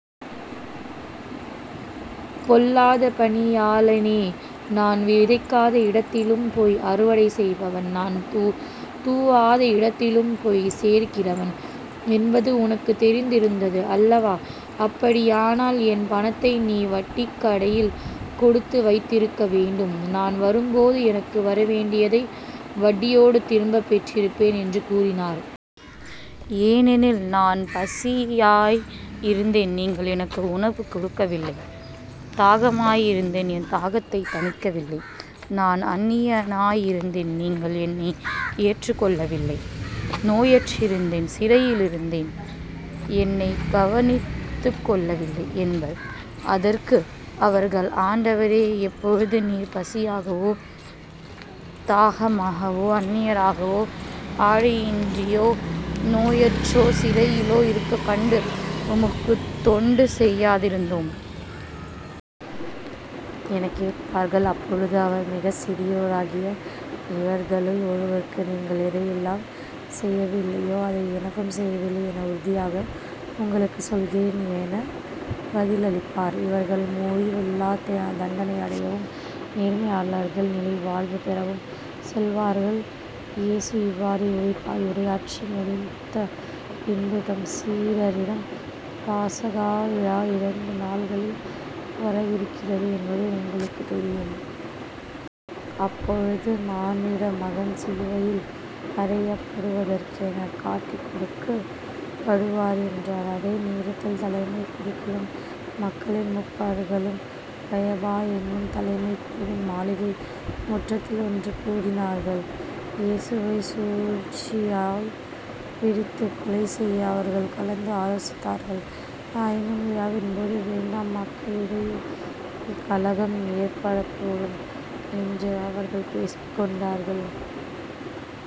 பொல்லாத பணியாளனே நான் விதைக்காத இடத்திலும் போய் அறுவடை செய்பவன். நான் தூவாத இடத்திலும் போய் சேர்க்கிறவன் என்பது உனக்குத் தெரிந்திருந்தது அல்லவா? அப்படியானால் என் பணத்தை நீ வட்டிக் கடையில் கொடுத்து வைத்திருக்க வேண்டும். நான் வரும்போது எனக்கு வரவேண்டியதை வட்டியோடு திரும்பப் பெற்றிருப்பேன் என்று கூறினார். ஏனெனில் நான் பசியாய் இருந்தேன் நீங்கள் எனக்கு உணவு கொடுக்கவில்லை தாகமாயிருந்தேன் என் தாகத்தைத் தணிக்கவில்லை. நான் அன்னியனாய் இருந்தேன் நீங்கள் என்னை ஏற்றுக் கொள்ளவில்லை. நோயுற்றிருந்தேன் சிறையிலிருந்தேன் என்னைக் கவனித்துக் கொள்ளவில்லை என்பார். அதற்கு அவர்கள் ஆண்டவரே எப்பொழுது நீர் பசியாகவோ தாகமாகவோ அன்னியராகவோ ஆடையின்றியோ நோயுற்றோ சிறையிலோ இருக்கக் கண்டு உமக்குத் தொண்டு செய்யாதிருந்தோம்? எனக் கேட்பார்கள். அப்பொழுது அவர் மிகச் சிறியோராகிய இவர்களுள் ஒருவருக்கு நீங்கள் எதையெல்லாம் செய்யவில்லையோ அதை எனக்கும் செய்யவில்லை என உறுதியாக உங்களுக்குச் சொல்கிறேன் எனப் பதிலளிப்பார். இவர்கள் முடிவில்லாத் தண்டனை அடையவும் நேர்மையாளர்கள் நிலை வாழ்வு பெறவும் செல்வார்கள். இயேசு இவ்வாறு உரையாற்றி முடித்த பின்பு தம் சீடரிடம் பாஸகா விழா இரண்டு நாள்களில் வரவிருக்கிறது என்பது உங்களுக்குத் தெரியும். அப்பொழுது மானிட மகன் சிலுவையில் அறையப்படுவதற்கெனக் காட்டிக்கொடுக்கப் படுவார் என்றார். அதே நேரத்தில் தலைமைக் குருக்களும் மக்களின் முப்பர்களும் கயபா என்னும் தலைமைக் குருவின் மாளிகை முற்றத்தில் ஒன்று கூடினார்கள். இயேசுவைச் சூழ்ச்சியாய்ப் பிடித்துக் கொலை செய்ய அவர்கள் கலந்து ஆலோசித்தார்கள். ஆயினும் விழாவின்போது வேண்டாம் மக்களிடையே கலகம் ஏற்படக்கூடும் என்று அவர்கள் பேசிக் கொண்டார்கள்.